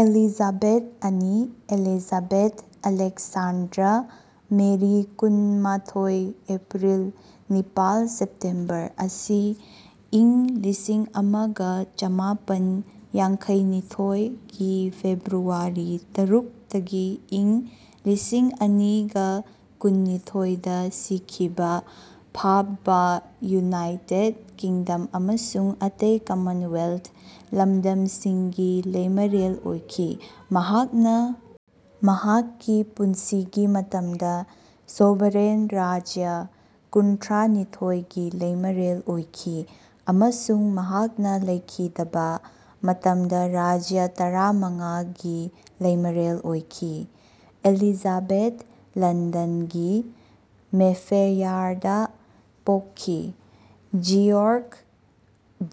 "Elizabeth ꯑꯅꯤ Elizabeth Alexandra Mary ꯀꯨꯟꯃꯊꯣꯢ April ꯅꯤꯄꯥꯜ ꯁꯦꯞꯇꯦꯝꯕꯔ ꯑꯁꯤ ꯢꯪ ꯂꯤꯁꯤꯡꯑꯃꯒ ꯆꯃꯥꯄꯟ ꯌꯥꯡꯈꯩꯅꯤꯊꯣꯢ ꯒꯤ ꯐꯦꯕ꯭ꯔꯨꯋꯥꯔꯤ ꯇꯔꯨꯛ ꯇꯒꯤ ꯢꯪ ꯂꯤꯁꯤꯡꯑꯅꯤꯒꯀꯨꯟꯅꯤꯊꯣꯢ ꯗ ꯁꯤꯈꯤꯕꯥ ꯐꯥꯄꯕꯥ ꯌꯨꯅꯥꯏꯇꯦꯗ ꯀꯤꯡꯗꯝ ꯑꯃꯁꯨꯡ ꯑꯇꯩ ꯀꯃꯟꯋꯦꯜꯊ ꯂꯝꯗꯝꯁꯤꯡ ꯒꯤ ꯂꯩꯃꯔꯦꯜ ꯑꯣꯏꯈꯤ꯫ ꯃꯍꯥꯛꯅꯥ ꯃꯍꯥꯛꯀꯤ ꯄꯨꯟꯁꯤꯒꯤ ꯃꯇꯝꯗ ꯁꯣꯚꯔꯦꯟ ꯔꯥꯖ꯭ꯌ ꯀꯨꯟꯊ꯭ꯔꯥꯅꯤꯊꯣꯢ ꯒꯤ ꯂꯩꯃꯔꯦꯜ ꯑꯣꯏꯈꯤ ꯑꯃꯁꯨꯡ ꯃꯍꯥꯛꯅꯥ ꯂꯩꯈꯤꯗꯕꯥ ꯃꯇꯝꯗ ꯔꯥꯖ꯭ꯌ ꯇꯔꯥꯃꯉꯥ ꯒꯤ ꯂꯩꯃꯔꯦꯜ ꯑꯣꯏꯈꯤ꯫ ꯑꯦꯂꯤꯖꯥꯕꯦꯊ ꯂꯟꯗꯟꯒꯤ ꯃꯦꯐꯦꯌꯔꯗꯥ ꯄꯣꯛꯈꯤ ꯖꯤꯌꯣꯔ꯭ꯛ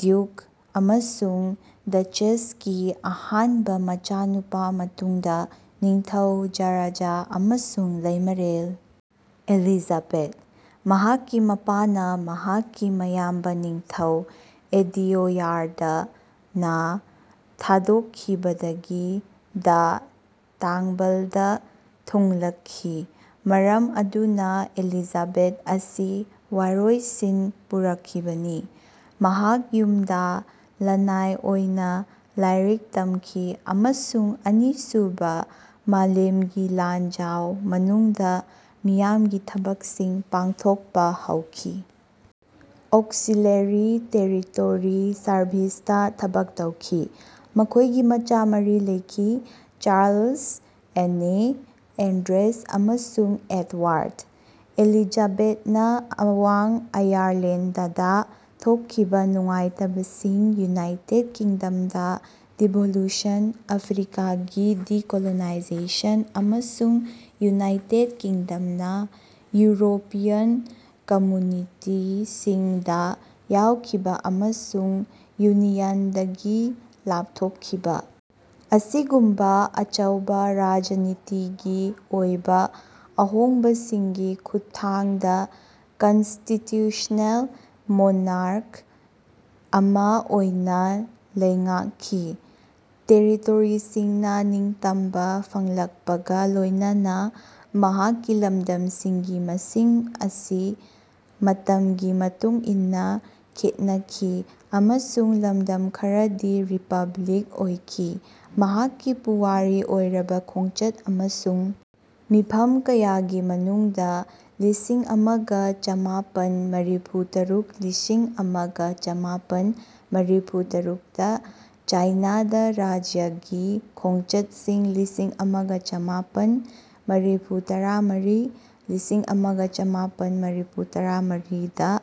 ꯗ꯭ꯌꯨꯛ ꯑꯃꯁꯨꯡ ꯗꯆꯦꯁꯀꯤ ꯑꯍꯥꯟꯕ ꯃꯆꯥꯅꯨꯄꯥ ꯃꯇꯨꯡꯗ ꯅꯤꯡꯊꯧ ꯖꯔꯖ ꯑꯃꯁꯨꯡ ꯂꯩꯃꯔꯦꯜ ꯑꯦꯂꯤꯖꯥꯕꯦꯊ꯫ ꯃꯍꯥꯛꯀꯤ ꯃꯄꯥꯅꯥ ꯃꯍꯥꯛꯀꯤ ꯃꯌꯥꯝꯕ ꯅꯤꯡꯊꯧ ꯑꯦꯗꯑꯣꯌꯥꯔꯗ ꯅꯥ ꯊꯥꯗꯣꯛꯈꯤꯕꯗꯒꯤ ꯗꯥ ꯇꯥꯡꯕꯜꯗ ꯊꯨꯡꯂꯈꯤ ꯃꯔꯝ ꯑꯗꯨꯅꯥ ꯑꯦꯂꯤꯖꯥꯕꯦꯊ ꯑꯁꯤ ꯋꯥꯔꯣꯏꯁꯤꯟ ꯄꯨꯔꯛꯈꯤꯕꯅꯤ꯫ ꯃꯍꯥꯛ ꯌꯨꯝꯗꯥ ꯂꯅꯥꯏ ꯑꯣꯏꯅ ꯂꯥꯏꯔꯤꯛ ꯇꯝꯈꯤ ꯑꯃꯁꯨꯡ ꯑꯅꯤꯁꯨꯕꯥ ꯃꯥꯂꯦꯝꯒꯤ ꯂꯥꯟꯖꯥꯎ ꯃꯅꯨꯡꯗ ꯃꯤꯌꯥꯝꯒꯤ ꯊꯕꯛꯁꯤꯡ ꯄꯥꯡꯊꯣꯛꯄꯥ ꯍꯧꯈꯤ ꯑꯣꯛꯁꯤꯂꯦꯔꯤ ꯇꯦꯔꯤꯇꯣꯔꯤ ꯁꯔꯚꯤꯁꯇꯥ ꯊꯕꯛ ꯇꯧꯈꯤ꯫ ꯃꯈꯣꯏꯒꯤ ꯃꯆꯥ ꯃꯔꯤ ꯂꯩꯈꯤ ꯆꯥꯔꯂꯁ, ꯑꯦꯟꯅꯦ, ꯑꯦꯟꯗ꯭ꯔꯦꯁ ꯑꯃꯁꯨꯡ ꯑꯦꯗꯋꯥꯔꯗ꯫ ꯑꯦꯂꯤꯖꯥꯕꯦꯊꯅꯥ ꯑꯋꯥꯡ ꯑꯥꯌꯔꯂꯦꯟꯗꯗꯥ ꯊꯣꯛꯈꯤꯕ ꯅꯨꯡꯉꯥꯏꯇꯕꯁꯤꯡ, ꯌꯨꯅꯥꯏꯇꯦꯗ ꯀꯤꯡꯗꯝꯗꯥ ꯗꯤꯚꯣꯂꯨꯁꯟ, ꯑꯐ꯭ꯔꯤꯀꯥꯒꯤ ꯗꯤꯀꯣꯂꯣꯅꯥꯏꯖꯦꯁꯟ ꯑꯃꯁꯨꯡ ꯌꯨꯅꯥꯏꯇꯦꯗ ꯀꯤꯡꯗꯝꯅꯥ ꯌꯨꯔꯣꯄꯤꯌꯟ ꯀꯃꯨꯅꯤꯇꯤꯁꯤꯡꯗꯥ ꯌꯥꯎꯈꯤꯕ ꯑꯃꯁꯨꯡ ꯌꯨꯅꯤꯌꯟꯗꯒꯤ ꯂꯥꯞꯊꯣꯛꯈꯤꯕ ꯑꯁꯤꯒꯨꯝꯕꯥ ꯑꯆꯧꯕ ꯔꯥꯖꯅꯤꯇꯤꯒꯤ ꯑꯣꯏꯕ ꯑꯍꯣꯡꯕꯁꯤꯡꯒꯤ ꯈꯨꯠꯊꯥꯡꯗ ꯀꯟꯁꯇꯤꯇ꯭ꯌꯨꯁ꯭ꯅꯦꯜ ꯃꯣꯅꯥꯔꯛ ꯑꯃꯥ ꯑꯣꯏꯅꯥ ꯂꯩꯉꯥꯛꯈꯤ꯫ ꯇꯦꯔꯤꯇꯣꯔꯤꯁꯤꯡꯅꯥ ꯅꯤꯡꯇꯝꯕ ꯐꯪꯂꯛꯄꯒꯥ ꯂꯣꯏꯅꯅ ꯃꯍꯥꯛꯀꯤ ꯂꯝꯗꯝꯁꯤꯡꯒꯤ ꯃꯁꯤꯡ ꯑꯁꯤ ꯃꯇꯝꯒꯤ ꯃꯇꯨꯡ ꯏꯟꯅꯥ ꯈꯦꯠꯅꯈꯤ ꯑꯃꯁꯨꯡ ꯂꯝꯗꯝ ꯈꯔꯗꯤ ꯔꯤꯄꯕ꯭ꯂꯤꯛ ꯑꯣꯏꯈꯤ꯫ ꯃꯍꯥꯛꯀꯤ ꯄꯨꯋꯥꯔꯤ ꯑꯣꯏꯔꯕ ꯈꯣꯡꯆꯠ ꯑꯃꯁꯨꯡ ꯃꯤꯐꯝ ꯀꯌꯥꯒꯤ ꯃꯅꯨꯡꯗꯥ ꯂꯤꯁꯤꯡꯑꯃꯒ ꯆꯃꯥꯄꯟ ꯃꯔꯤꯐꯨꯇꯔꯨꯛ ꯂꯤꯁꯤꯡꯑꯃꯒ ꯆꯥꯃꯄꯟ ꯃꯔꯤꯐꯨꯇꯔꯨꯛꯇꯥ ꯆꯥꯏꯅꯥꯗ ꯔꯥꯖ꯭ꯌꯒꯤ ꯈꯣꯡꯆꯠꯁꯤꯡ ꯂꯤꯁꯤꯡꯑꯃꯒ ꯆꯃꯥꯄꯟ ꯃꯔꯤꯐꯨꯇꯔꯥꯃꯔꯤ ꯂꯤꯁꯤꯡꯑꯃꯒ ꯆꯥꯃꯄꯟ ꯃꯔꯤꯐꯨꯇꯔꯥꯃꯔꯤ ꯗꯥ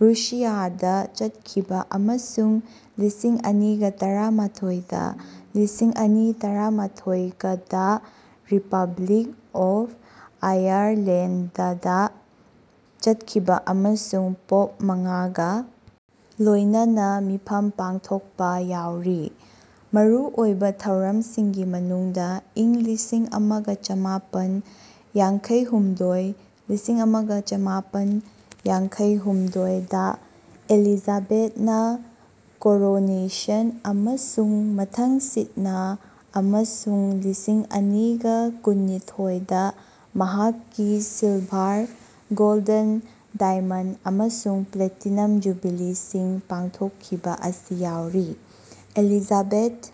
ꯔꯨꯁꯤꯌꯥꯗꯥ ꯆꯠꯈꯤꯕ ꯑꯃꯁꯨꯡ ꯂꯤꯁꯤꯡꯑꯅꯤꯒꯇꯔꯥꯃꯊꯣꯢ ꯗ ꯂꯤꯁꯤꯡꯑꯅꯤ ꯇꯔꯥꯃꯊꯣꯢꯒꯗꯥ ꯔꯤꯄꯕ꯭ꯂꯤꯛ ꯑꯣꯐ ꯑꯥꯌꯔꯂꯦꯟꯗꯗꯥ ꯆꯠꯈꯤꯕ ꯑꯃꯁꯨꯡ ꯄꯣꯞ ꯃꯉꯥꯒꯥ ꯂꯣꯏꯅꯅ ꯃꯤꯐꯝ ꯄꯥꯛꯊꯣꯛꯄꯥ ꯌꯥꯎꯔꯤ꯫ ꯃꯔꯨꯑꯣꯏꯕ ꯊꯧꯔꯝꯁꯤꯡꯒꯤ ꯃꯅꯨꯡꯗ ꯢꯪ ꯂꯤꯁꯤꯡꯑꯃꯒ ꯆꯃꯥꯄꯟ ꯌꯥꯡꯈꯩꯍꯨꯝꯗꯣꯢ ꯂꯤꯁꯤꯡꯑꯃꯒ ꯆꯥꯃꯄꯟ ꯌꯥꯡꯈꯩꯍꯨꯝꯗꯣꯢ ꯗꯥ ꯑꯦꯂꯤꯖꯥꯕꯦꯊꯅꯥ ꯀꯣꯔꯣꯅꯦꯁꯟ ꯑꯃꯁꯨꯡ ꯃꯊꯪꯁꯤꯠꯅꯥ ꯑꯃꯁꯨꯡ ꯂꯤꯁꯤꯡꯑꯅꯤꯒꯀꯨꯟꯅꯤꯊꯣꯢ ꯗ ꯃꯍꯥꯛꯀꯤ ꯁꯤꯜꯚꯥꯔ, ꯒꯣꯜꯗꯟ, ꯗꯥꯏꯃꯟꯗ ꯑꯃꯁꯨꯡ ꯄ꯭ꯂꯦꯇꯤꯅꯝ ꯖꯨꯕꯤꯂꯤꯁꯤꯡ ꯄꯥꯡꯊꯣꯛꯈꯤꯕ ꯑꯁꯤ ꯌꯥꯎꯔꯤ꯫ ꯑꯦꯂꯤꯖꯥꯕꯦꯊ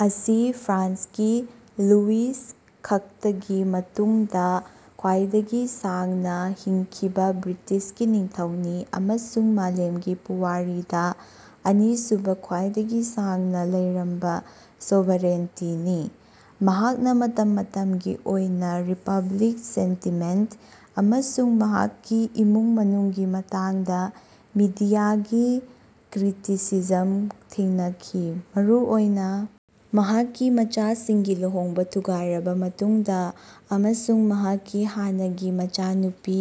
ꯑꯁꯤ ꯐ꯭ꯔꯥꯟꯁꯀꯤ ꯂꯨꯏꯁ ꯈꯛꯇꯒꯤ ꯃꯇꯨꯡꯗꯥ ꯈ꯭ꯋꯥꯏꯗꯒꯤ ꯁꯥꯡꯅꯥ ꯍꯤꯡꯈꯤꯕ ꯕ꯭ꯔꯤꯇꯤꯁꯀꯤ ꯅꯤꯡꯊꯧꯅꯤ ꯑꯃꯁꯨꯡ ꯃꯥꯂꯦꯝꯒꯤ ꯄꯨꯋꯥꯔꯤꯗꯥ ꯑꯅꯤꯁꯨꯕ ꯈ꯭ꯋꯥꯏꯗꯒꯤ ꯁꯥꯡꯅꯥ ꯂꯩꯔꯝꯕ ꯁꯣꯚꯔꯦꯟꯇꯤꯅꯤ꯫ ꯃꯍꯥꯛꯅꯥ ꯃꯇꯝ ꯃꯇꯝꯒꯤ ꯑꯣꯏꯅ ꯔꯤꯄꯕ꯭ꯂꯤꯛ ꯁꯦꯟꯇꯤꯃꯦꯟꯇ ꯑꯃꯁꯨꯡ ꯃꯍꯥꯛꯀꯤ ꯏꯃꯨꯡ ꯃꯅꯨꯡꯒꯤ ꯃꯇꯥꯡꯗ ꯃꯤꯗꯤꯌꯥꯒꯤ ꯀ꯭ꯔꯤꯇꯤꯁꯤꯖꯝ ꯊꯦꯡꯅꯈꯤ ꯃꯔꯨꯑꯣꯏꯅ ꯃꯍꯥꯛꯀꯤ ꯃꯆꯥꯁꯤꯡꯒꯤ ꯂꯨꯍꯣꯡꯕ ꯊꯨꯒꯥꯏꯔꯕ ꯃꯇꯨꯡꯗꯥ ꯑꯃꯁꯨꯡ ꯃꯍꯥꯛꯀꯤ ꯍꯥꯟꯅꯒꯤ ꯃꯆꯥꯅꯨꯄꯤ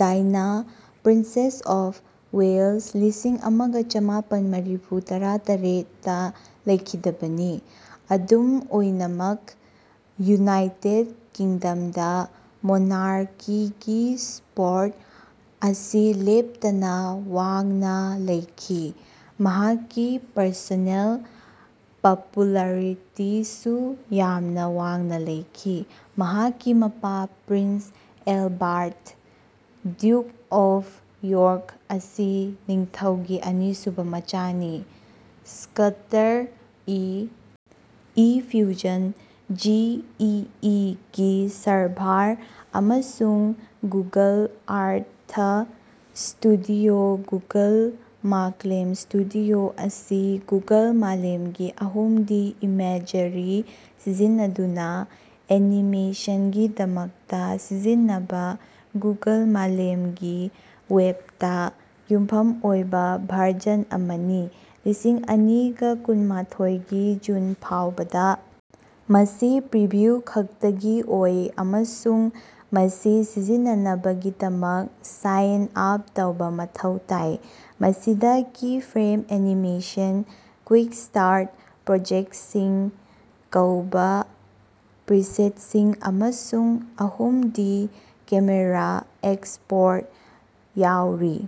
ꯗꯥꯏꯅꯥ, ꯄ꯭ꯔꯤꯟꯁꯦꯁ ꯑꯣꯐ ꯋꯦꯂꯁ ꯂꯤꯁꯤꯡꯑꯃꯒ ꯆꯃꯥꯄꯟ ꯃꯔꯤꯐꯨꯇꯔꯥꯇꯔꯦꯠ ꯇꯥ ꯂꯩꯈꯤꯗꯕꯅꯤ꯫ ꯑꯗꯨꯝ ꯑꯣꯏꯅꯃꯛ ꯌꯨꯅꯥꯏꯇꯦꯗ ꯀꯤꯡꯗꯝꯗꯥ ꯃꯣꯅꯥꯔꯀꯤꯒꯤ ꯁꯄꯣꯔꯠ ꯑꯁꯤ ꯂꯦꯞꯇꯅꯥ ꯋꯥꯡꯅꯥ ꯂꯩꯈꯤ ꯃꯍꯥꯛꯀꯤ ꯄꯔꯁꯣꯅꯦꯜ ꯄꯄꯨꯂꯥꯔꯤꯇꯤꯁꯨ ꯌꯥꯝꯅꯥ ꯋꯥꯡꯅꯥ ꯂꯩꯈꯤ꯫ ꯃꯍꯥꯛꯀꯤ ꯃꯄꯥ prince Albert ,duke of York ꯑꯁꯤ ꯅꯤꯡꯊꯧꯒꯤ ꯑꯅꯤꯁꯨꯕ ꯃꯆꯥꯅꯤ꯫ ꯁ꯭ꯀꯇꯔ E. E. Fusion, G. E. E. ꯒꯤ ꯁꯔꯚꯥꯔ ꯑꯃꯁꯨꯡ ꯒꯨꯒꯜ ꯑꯥꯔꯊ ꯁ꯭ꯇꯨꯗꯤꯑꯣ ꯒꯨꯒꯜ ꯃꯥꯛꯂꯦꯝ ꯁ꯭ꯇꯨꯗꯤꯑꯣ ꯑꯁꯤ ꯒꯨꯒꯜ ꯃꯥꯂꯦꯝꯒꯤ ꯑꯍꯨꯝꯗꯤ ꯏꯃꯦꯖꯔꯤ ꯁꯤꯖꯤꯟꯅꯗꯨꯅꯥ ꯑꯦꯅꯤꯃꯦꯁꯟꯒꯤꯗꯃꯛꯇꯥ ꯁꯤꯖꯤꯟꯅꯕꯥ ꯒꯨꯒꯜ ꯃꯥꯂꯦꯝꯒꯤ ꯋꯦꯕꯇꯥ ꯌꯨꯝꯐꯝ ꯑꯣꯏꯕꯥ ꯚꯔꯖꯟ ꯑꯃꯅꯤ꯫ ꯂꯤꯁꯤꯡꯑꯅꯤꯒꯀꯨꯟꯃꯊꯣꯢ ꯒꯤ ꯖꯨꯟ ꯐꯥꯎꯕꯗꯥ ꯃꯁꯤ ꯄ꯭ꯔꯤꯚꯤꯎ ꯈꯛꯇꯒꯤ ꯑꯣꯏ ꯑꯃꯁꯨꯡ ꯃꯁꯤ ꯁꯤꯖꯤꯟꯅꯅꯕꯒꯤꯗꯃꯛ ꯁꯥꯏꯟ ꯑꯥꯞ ꯇꯧꯕꯥ ꯃꯊꯧ ꯇꯥꯏ꯫ ꯃꯁꯤꯗꯥ ꯀꯤꯐ꯭ꯔꯦꯝ ꯑꯦꯅꯤꯃꯦꯁꯟ "ꯀꯨꯏꯛ-ꯁ꯭ꯇꯥꯔꯠ ꯄ꯭ꯔꯣꯖꯦꯛꯇꯁꯤꯡ" ꯀꯧꯕꯥ ꯄ꯭ꯔꯤꯁꯦꯠꯁꯤꯡ ꯑꯃꯁꯨꯡ ꯑꯍꯨꯝꯗꯤ ꯀꯦꯃꯦꯔꯥ ꯑꯦꯛꯁꯄꯣꯔꯠ ꯌꯥꯎꯔꯤ꯫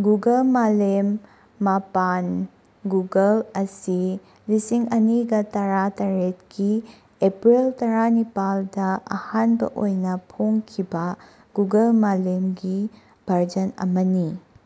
ꯒꯨꯒꯜ ꯃꯥꯂꯦꯝ ꯃꯥꯄꯟꯒꯨꯒꯜ ꯑꯁꯤ ꯂꯤꯁꯤꯡꯑꯅꯤꯒꯇꯔꯥꯇꯔꯦꯠ ꯀꯤ ꯑꯦꯄ꯭ꯔꯤꯜ ꯇꯔꯥꯅꯤꯄꯥꯜ ꯗꯥ ꯑꯍꯥꯟꯕꯥ ꯑꯣꯏꯅꯥ ꯐꯣꯡꯈꯤꯕꯥ ꯒꯨꯒꯜ ꯃꯥꯂꯦꯝꯒꯤ ꯚꯔꯖꯟ ꯑꯃꯅꯤ꯫